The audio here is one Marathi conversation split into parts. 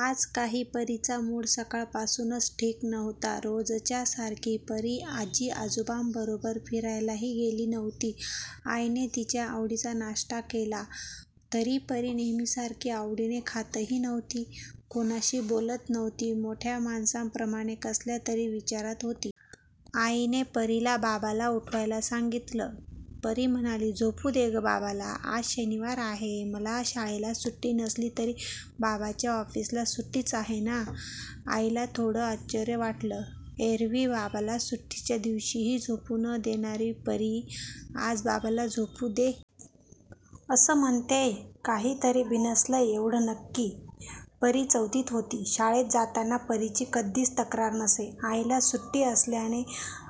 आज काही परीचा मूड सकाळपासूनच ठीक नव्हता. रोजच्यासारखी परी आजी-आजोबांबरोबर फिरायलाही गेली नव्हती. आईने तिच्या आवडीचा नाश्ता केला, तरी परी नेहमीसारखी आवडीने खातही नव्हती. कोणाशी बोलत नव्हती. मोठ्या माणसांप्रमाणे कसल्या तरी विचारात होती. आईने परीला बाबाला उठवायला सांगितलं. परी म्हणाली, "झोपूदे गं बाबाला. आज शनिवार आहे. मला शाळेला सुट्टी नसली तरी बाबाच्या ऑफिसला सुट्टीच आहे ना. " आईला थोडं आश्चर्यच वाटलं. एरव्ही बाबाला सुट्टीच्या दिवशीही झोपू न देणारी परी, 'आज बाबाला झोपू दे.. ' असं म्हणतेय. काहीतरी बिनसलंय एवढं नक्की. परी चौथीत होती. शाळेत जाताना परीची कधीच तक्रार नसे. आईला सुट्टी असल्याने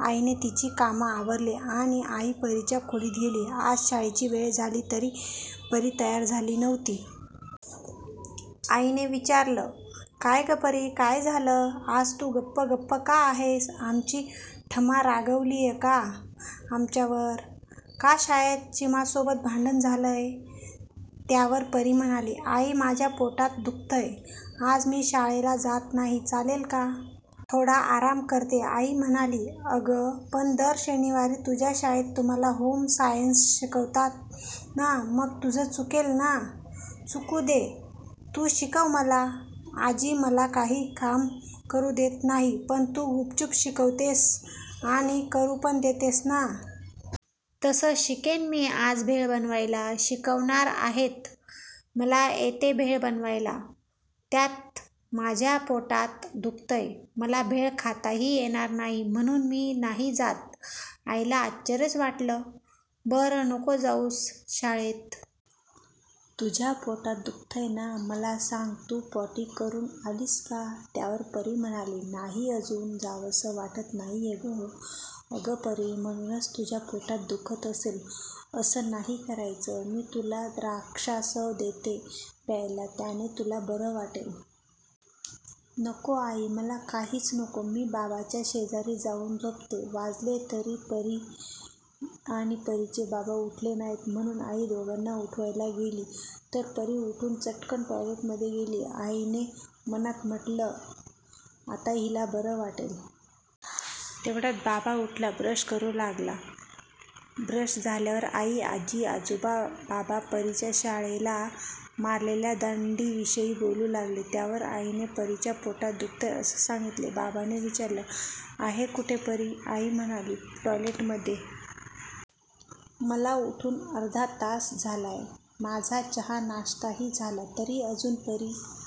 आईने तिची कामं आवरली आणि आई परीच्या खोलीत गेली. आज शाळेची वेळ झाली तरी परी तयार झाली नव्हती. आईने विचारलं, "काय गं परी काय झालं? आज तू गप्प गप्प का आहेस? आमची ठमा रागावलीय का आमच्यावर? का शाळेत चिमासोबत भांडण झालंय? " त्यावर परी म्हणाली, "आई माझ्या पोटात दुखतंय. आज मी शाळेला जात नाही, चालेल का? थोडा आराम करते. " आई म्हणाली, "अगं पण दर शनिवारी तुझ्या शाळेत तुम्हांला होम सायन्स शिकवतात ना. मग तुझं चुकेल ना. " "चूकू दे. तू शिकव मला. आजी मला काही काम करू देत नाही, पण तू गुपचूप शिकवतेस आणि करू पण देतेस ना. तसं शिकेन मी. आज भेळ बनवायला शिकवणार आहेत. मला येते भेळ बनवायला. त्यात माझ्या पोटात दुखतंय. मला भेळ खाताही येणार नाही. म्हणून मी नाही जात. " आईला आश्चर्यच वाटलं. "बरं. नको जाऊस शाळेत. तुझ्या पोटात दुखतंय ना.. मला सांग, तू पॉटी करून आलीस का? " त्यावर परी म्हणाली, "नाही. अजून जावंसं वाटत नाहीये गं. " "अगं परी, म्हणूनच तुझ्या पोटात दुखत असेल. असं नाही करायचं. मी तुला द्राक्षासव देते प्यायला त्याने तुला बरं वाटेल. " "नको आई. मला काहीच नको. मी बाबाच्या शेजारी जाऊन झोपते. " वाजले तरी परी आणि परीचे बाबा उठले नाहीत. म्हणून आई दोघांना उठवायला गेली, तर परी उठून चटकन टॉयलेटमध्ये गेली. आईने मनात म्हटलं, 'आता हिला बरं वाटेल. ' तेवढ्यात बाबा उठला. ब्रश करू लागला. ब्रश झाल्यावर आई, आजी, आजोबा, बाबा परीच्या शाळेला मारलेल्या दांडीविषयी बोलू लागले. त्यावर आईने, परीच्या पोटात दुखतंय, असं सांगितलं. बाबाने विचारलं, "आहे कुठे परी? " आई म्हणाली, "टॉयलेटमध्ये. " "मला उठून अर्धा तास झालाय. माझा चहा-नाश्ताही झाला. तरी अजून परी